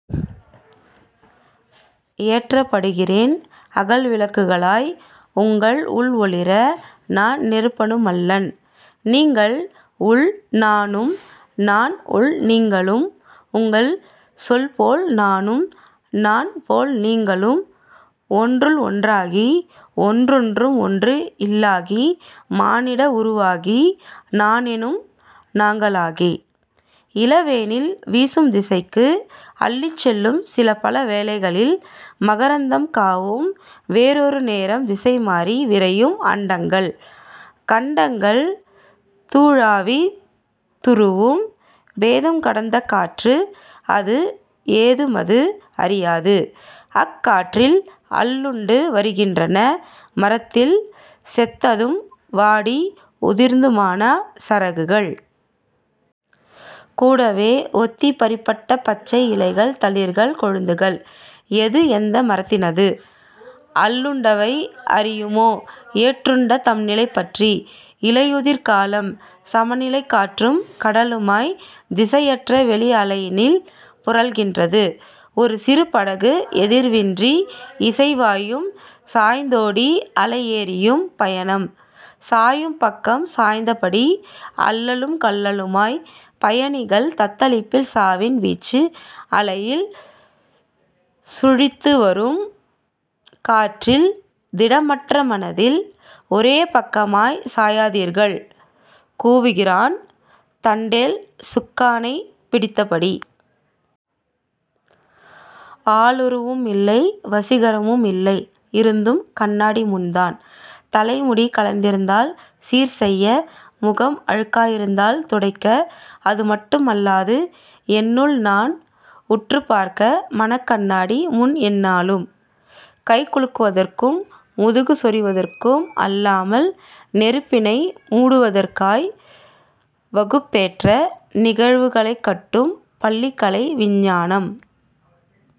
ஏற்றப்படுகின்றேன் அகல்விளக்குகளாய் உங்கள் உள் ஒளிர நான் நெருப்பனுமல்லன்... நீங்கள் உள் நானும் நான் உள் நீங்களும் உங்கள் சொல்போல் நானும் நான் போல் நீங்களும் ஒன்றுள் ஒன்றாகி ஒன்றொன்றும் ஒன்று இல்லாகி மானிட உருவாகி நானெனும் நாங்களாகி.... இளவேனில், வீசும் திசைக்கு அள்ளிச்செல்லும் சிலபல வேளையில் மகரந்தம் காவும் வேறொரு நேரம் திசைமாறி விரையும் அண்டங்கள் கண்டங்கள் துழாவித் துருவும் பேதங்கடந்த காற்று அது ஏதுமது அறியாது அக்காற்றில் அள்ளுண்டு வருகின்றன மரத்தில் செத்ததும் வாடி உதிர்ந்ததுமான சருகுகள். கூடவே ஒத்திப் பறிபட்ட பச்சை இலைகள் தளிர்கள் கொழுந்துகள்.... எது எந்த மரத்தினது...? அள்ளுண்டவை அறியுமோ எற்றுண்ட தம்நிலை பற்றி...! இலையுதிர் காலம்,. சமநிலை காற்றும் கடலுமாய் திசையற்ற வெளி அலையினில் புரள்கின்றது ஒரு சிறு படகு எதிர்வின்றி இசைவாயும் சாய்ந்தோடி அலையேறியும் பயணம். சாயும் பக்கம் சாய்ந்தபடி அல்லோலகல்லோலமாய் பயணிகள் தத்தளிப்பில் சாவின் வீச்சு அலையில் சுழித்து வரும் காற்றில் திடமற்ற மனதில் ஒரேபக்கமாய்ச் சாயாதீர்கள் கூவுகிறான் தண்டேல் சுக்கானைப் பிடித்தபடி. ஆளுருவும் இல்லை வசீகரமும் இல்லை இருந்தும் கண்ணாடி முன்நான். தலைமுடி கலைந்திருந்தால் சீர்செய்ய முகம் அழுக்காயிருந்தால் துடைக்க அதுமட்டுமல்லாது என்னுள் நான் உற்றுப்பார்க்க மனக் கண்ணாடி முன் எந்நாளும். கைகுலுக்குவதற்கும் முதுகு சொறிவதற்கும் அல்லாமல் நெருப்பினை மூட்டுவதற்காய்.... வகுப்பேற்ற நிகழ்வு களைகட்டும் பள்ளி கலை விஞ்ஞானம்